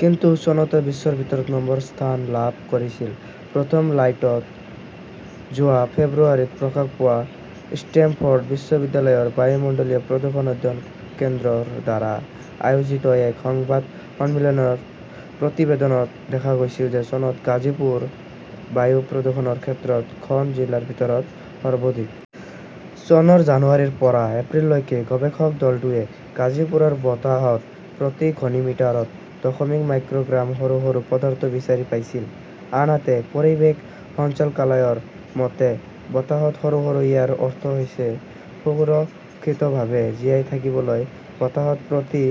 কিন্তু চনত বিশ্বৰ ভিতৰত নম্বৰ স্থান লাভ কৰিছিল। প্ৰথম লাইটত যোৱা ফেব্ৰুৱাৰীত প্ৰকাশ পোৱা ষ্টেমফৰ্ড বিশ্ববিদ্যালয়ৰ বায়ুমণ্ডলীয় প্ৰদূষণ অধ্যয়ন কেন্দ্ৰ ৰ দ্বাৰা আয়োজিত এক সংবাদ সন্মিলনৰ প্ৰতিবেদনত দেখা গৈছে যে চনত গাজিপুৰ বায়ু প্ৰদূষণৰ ক্ষেত্ৰত খন জিলাৰ ভিতৰত সৰ্বাধিক। চনৰ জানুৱাৰীৰ পৰা এপ্ৰিললৈকে গৱেষক দলটোৱে গাজীপুৰৰ বতাহত প্ৰতি ঘনমিটাৰত দশমিক মাইক্ৰ "গ্ৰাম সৰু সৰু পদাৰ্থ বিচাৰি পাইছিল; আনহাতে পৰিৱেশ সঞ্চালকালয়ৰ মতে, বতাহত সৰু সৰু ইয়াৰ অৰ্থ হৈছে সুৰক্ষিতভাৱে জীয়াই থাকিবলৈ বতাহত প্ৰতি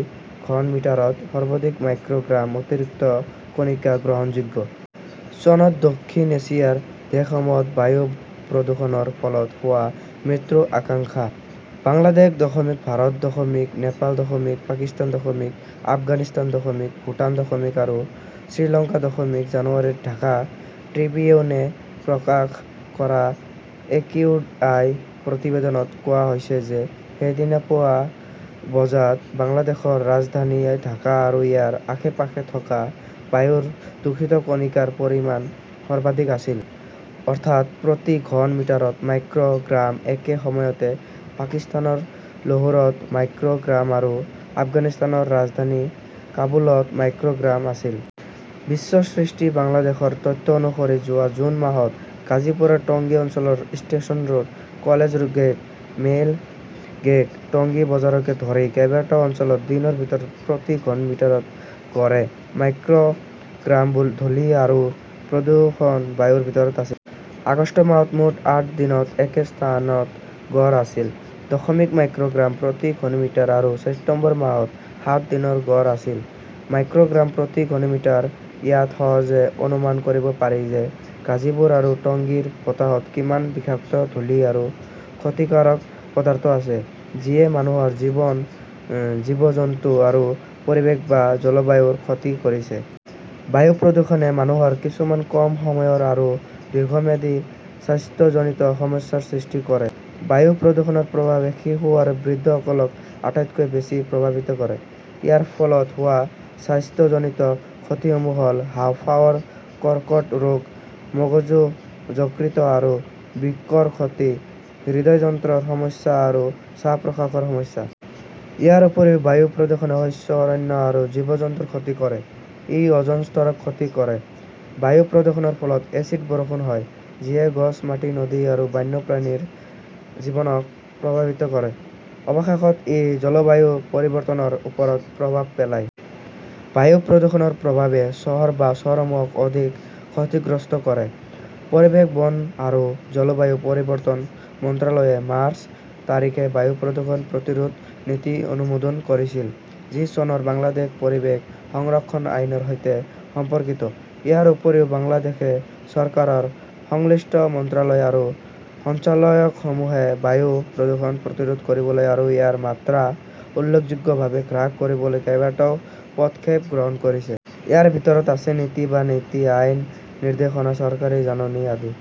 ঘনমিটাৰত সৰ্বাধিক মাইক্ৰ "গ্ৰাম অতিৰিক্ত কণিকা গ্ৰহণযোগ্য। চনত দক্ষিণ এছিয়াৰ দেশসমূহত বায়ু প্ৰদূষণৰ ফলত হোৱা মৃত্যুৰ আশংকা: বাংলাদেশ দশমিক, ভাৰত দশমিক, নেপাল দশমিক, পাকিস্তান দশমিক, আফগানিস্তান দশমিক, ভূটান দশমিক আৰু শ্ৰীলংকা দশমিক জানুৱাৰীত ঢাকা ট্ৰিবিউনে প্ৰকাশ কৰা একিউআই প্ৰতিবেদনত কোৱা হৈছে যে সেইদিনা পুৱা বজাত বাংলাদেশৰ ৰাজধানী ঢাকা আৰু ইয়াৰ আশে-পাশে থকা বায়ুৰ দূষিত কণিকাৰ পৰিমাণ সৰ্বাধিক আছিল, অৰ্থাৎ প্ৰতি ঘন মিটাৰত মাইক্ৰ "গ্ৰাম; একে সময়তে পাকিস্তানৰ লাহোৰত মাইক্ৰ" গ্ৰাম আৰু আফগানিস্তানৰ ৰাজধানী কাবুলত মাইক্ৰ "গ্ৰাম আছিল। বিশ্ব দৃষ্টি বাংলাদেশৰ তথ্য অনুসৰি যোৱা জুন মাহত গাজীপুৰৰ টংগী অঞ্চলৰ station road, college gate, mail gate, Tongi বজাৰকে ধৰি কেইবাটাও অঞ্চলত দিনৰ ভিতৰত প্ৰতি ঘনমিটাৰত গড়ে মাইক্ৰ’গ্ৰাম ধুলি আৰু প্ৰদূষক বায়ুৰ ভিতৰত আছিল। আগষ্ট মাহত মুঠ আঠ দিনত একে স্থানত গড় আছিল দশমিক মাইক্ৰ "গ্ৰাম প্ৰতি ঘনমিটাৰ আৰু ছেপ্টেম্বৰ মাহত সাত দিনৰ গড় আছিল মাইক্ৰ’গ্ৰাম প্ৰতি ঘনমিটাৰ। ইয়াত সহজে অনুমান কৰিব পাৰি যে গাজীপুৰ আৰু টংগীৰ বতাহত কিমান বিষাক্ত ধূলি আৰু ক্ষতিকাৰক পদাৰ্থ আছে যিয়ে মানুহৰ জীৱন, জীৱ-জন্তু আৰু পৰিৱেশ বা জলবায়ুৰ ক্ষতি কৰিছে। বায়ু প্ৰদূষণে মানুহৰ কিছুমান কম সময়ৰ আৰু দীৰ্ঘম্যাদী স্বাস্থ্যজনিত সমস্যাৰ সৃষ্টি কৰে। বায়ু প্ৰদূষণৰ প্ৰভাৱে শিশু আৰু বৃদ্ধসকলক আটাইতকৈ বেছি প্ৰভাৱিত কৰে। ইয়াৰ ফলত হোৱা স্বাস্থ্যজনিত ক্ষতিসমূহ হ’ল হাঁওফাঁওৰ কৰ্কট ৰোগ, মগজু, যকৃত আৰু বৃক্কৰ ক্ষতি, হৃদযন্ত্ৰৰ সমস্যা আৰু শ্বাস-প্ৰশ্বাসৰ সমস্যা। ইয়াৰ উপৰিও বায়ু প্ৰদূষণে শস্য, অৰণ্য আৰু জীৱ-জন্তুৰ ক্ষতি কৰে। ই অ’জন স্তৰক ক্ষতি কৰে। বায়ু প্ৰদূষণৰ ফলত এচিড বৰষুণ হয়; যিয়ে গছ, মাটি, নদী আৰু বন্যপ্ৰাণীৰ জীৱনক প্ৰভাৱিত কৰে। অৱশেষত ই জলবায়ু পৰিৱৰ্তনৰ ওপৰত প্ৰভাৱ পেলায়। বায়ু প্ৰদূষণৰ প্ৰভাৱে চহৰ বা চহৰসমূহক অধিক ক্ষতিগ্ৰস্ত কৰে। পৰিৱেশ, বন আৰু জলবায়ু পৰিৱৰ্তন মন্ত্ৰালয়ে মাৰ্চ, তাৰিখে বায়ু প্ৰদূষণ প্ৰতিৰোধ নীতি অনুমোদন কৰিছিল, যি চনৰ বাংলাদেশ পৰিৱেশ সংৰক্ষণ আইনৰ সৈতে সম্পৰ্কিত। ইয়াৰ উপৰিও বাংলাদেশ চৰকাৰৰ সংশ্লিষ্ট মন্ত্ৰালয় আৰু সঞ্চালকালয়সমূহে বায়ু প্ৰদূষণ প্ৰতিৰোধ কৰিবলৈ আৰু ইয়াৰ মাত্ৰা উল্লেখযোগ্যভাৱে হ্ৰাস কৰিবলৈ কেইবাটাও পদক্ষেপ গ্ৰহণ কৰিছে। ইয়াৰ ভিতৰত আছে নীতি বা নীতি, আইন, নিৰ্দেশনা, চৰকাৰী জাননী আদি।